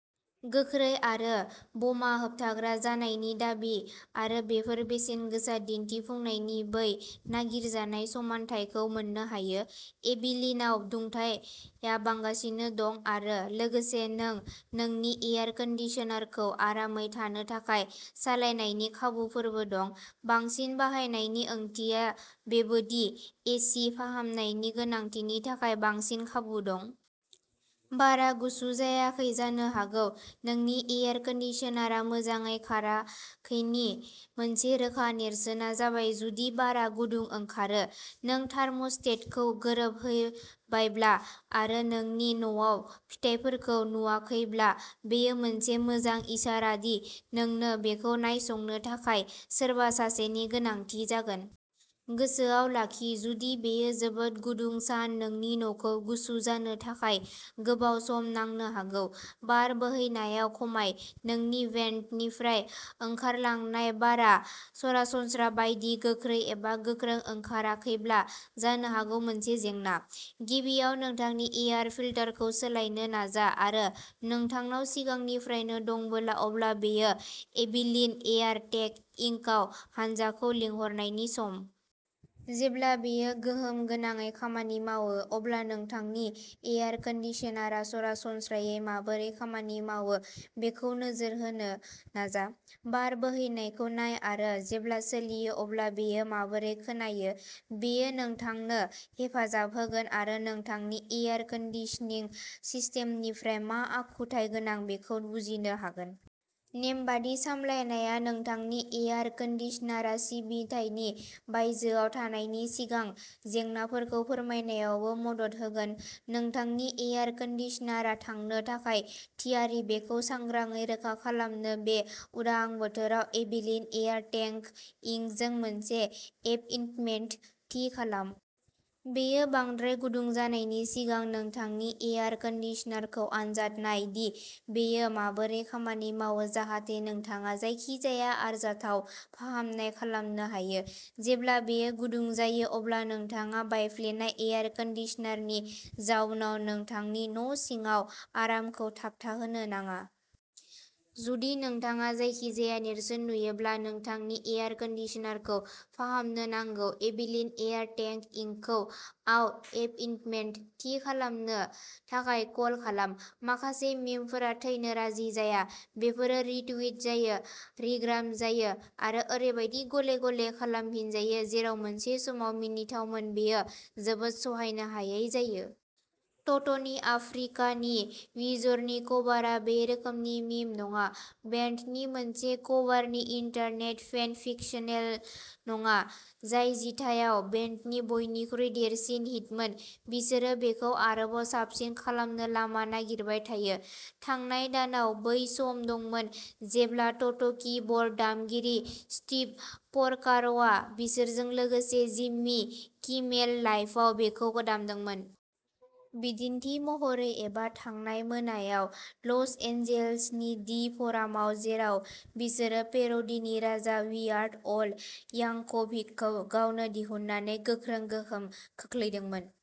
गोख्रै आरो बमा होबथाग्रा जानायनि दाबि आरो बेफोर बेसेनगोसा दिन्थिफुंनायनि बै नागिरजानाय समानथायखौ मोन्नो हायो। एबिलिनाव दुंथाइया बांगासिनो दं आरो लोगोसे नों नोंनि एयार कंडिशनारखौ आरामै थानो थाखाय सालायनायनि खाबुफोरबो दं। बांसिन बाहायनायनि ओंथिया बेबो दि ए सि फाहामनायनि गोनांथिनि थाखाय बांसिन खाबु दं। बारआ गुसु जायाखै जानो हागौ नोंनि एयार कन्डिशनारआ मोजाङै खाराखैनि मोनसे रोखा नेरसोनआ जाबाय जुदि बारआ गुदुं ओंखारो। नों थार्म'स्टेटखौ गोरोबहोबायब्ला आरो नोंनि न'आव फिथायफोरखौ नुवाखैब्ला बेयो मोनसे मोजां इसारा दि नोंनो बेखौ नायसंनो थाखाय सोरबा सासेनि गोनांथि जागोन। गोसोआव लाखि जुदि बेयो जोबोद गुदुं सान नोंनि न'खौ गुसु जानो थाखाय गोबाव सम नांनो हागौ। बार बोहैनायाव खमाय। नोंनि भेन्टनिफ्राय ओंखारलांनाय बारआ सरासनस्रा बायदि गोख्रै एबा गोख्रों ओंखाराखैब्ला जानो हागौ मोनसे जेंना। गिबियाव नोंथांनि एयार फिल्टारखौ सोलायनो नाजा आरो नोंथांनाव सिगांनिफ्रायनो दंबोला अब्ला बेयो एबिलीन एयार टेक इंकआव हान्जाखौ लिंहरनायनि सम। जेब्ला बेयो गोहोम गोनाङै खामानि मावो अब्ला नोंथांनि एयार कंडिशनारआ सरासनस्रायै माबोरै खामानि मावो बेखौ नोजोर होनो नाजा। बार बोहैनायखौ नाय आरो जेब्ला सोलियो अब्ला बेयो माबोरै खोनायो। बेयो नोंथांनो हेफाजाब होगोन आरो नोंथांनि एयार कन्डिशनिं सिस्टेमनिफ्राय मा आखुथाय गोनां बेखौ बुजिनो हागोन। नेमबादि सामलायनाया नोंथांनि एयार कन्डिशनारआ सिबिथायनि बायजोआव थानायनि सिगां जेंनाफोरखौ फोरमायनायावबो मदद होगोन। नोंथांनि एयार कन्डिशनारआ थांनो थाखाय थियारि बेखौ सांग्रांयै रोखा खालामनो बे उदां बोथोराव एबिलीन एयार टेक इंकजों मोनसे एपइन्टमेन्ट थि खालाम। बेयो बांद्राय गुदुं जानायनि सिगां नोंथांनि एयार कन्डिशनारखौ आनजाद नाय दि बेयो माबोरै खामानि मावो जाहाथे नोंथाङा जायखिजाया आरजाथाव फाहामनाय खालामनो हायो। जेब्ला बेयो गुदुं जायो अब्ला नोंथाङा बायफ्लेनाय एयार कन्डिशनारनि जाउनाव नोंथांनि न' सिङाव आरामखौ थाबथाहोनो नाङा। जुदि नोंथाङा जायखिजाया नेरसोन नुयोब्ला नोंथांनि एयार कन्डिशनारखौ फाहामनो नांगौ एबिलीन एयार टेक इंकखौ आव एपइन्टमेन्ट थि खालामनो थाखाय कल खालाम। माखासे मीमफोरा थैनो राजि जाया। बेफोरो रिट्वीट जायो रिग्राम जायो आरो ओरैबायदि गले-गले खालामफिनजायो जेराव मोनसे समाव मिनिथावमोन बेयो जोबोद सहायनो हायै जायो। ट'ट'नि "आफ्रिका" नि वीजरनि कभारआ बे रोखोमनि मीम नङा। बेन्डनि मोनसे कभारनि इन्टारनेट फेन फिकशनल' नङा जाय जिथायाव बेन्डनि बयनिख्रुइ देरसिन हिटमोन बिसोरो बेखौ आरोबाव साबसिन खालामनो लामा नागिरबाय थायो। थांनाय दानाव बै सम दंमोन जेब्ला ट'ट'कीबोर्ड दामगिरि स्टीव प'रकार'आ बिसोरजों लोगोसे जिम्मी किमेल लाइभआव बेखौ दामदोंमोन। बिदिन्थि महरै एबा थांनाय मोनायाव लस एन्जेल्सनि दि फ'रामाव जेराव बिसोरो पेर'डीनि राजा "वियार्ड अल" यांक'भिकखौ गावनो दिहुननानै गोख्रों गोहोम खोख्लैदोंमोन।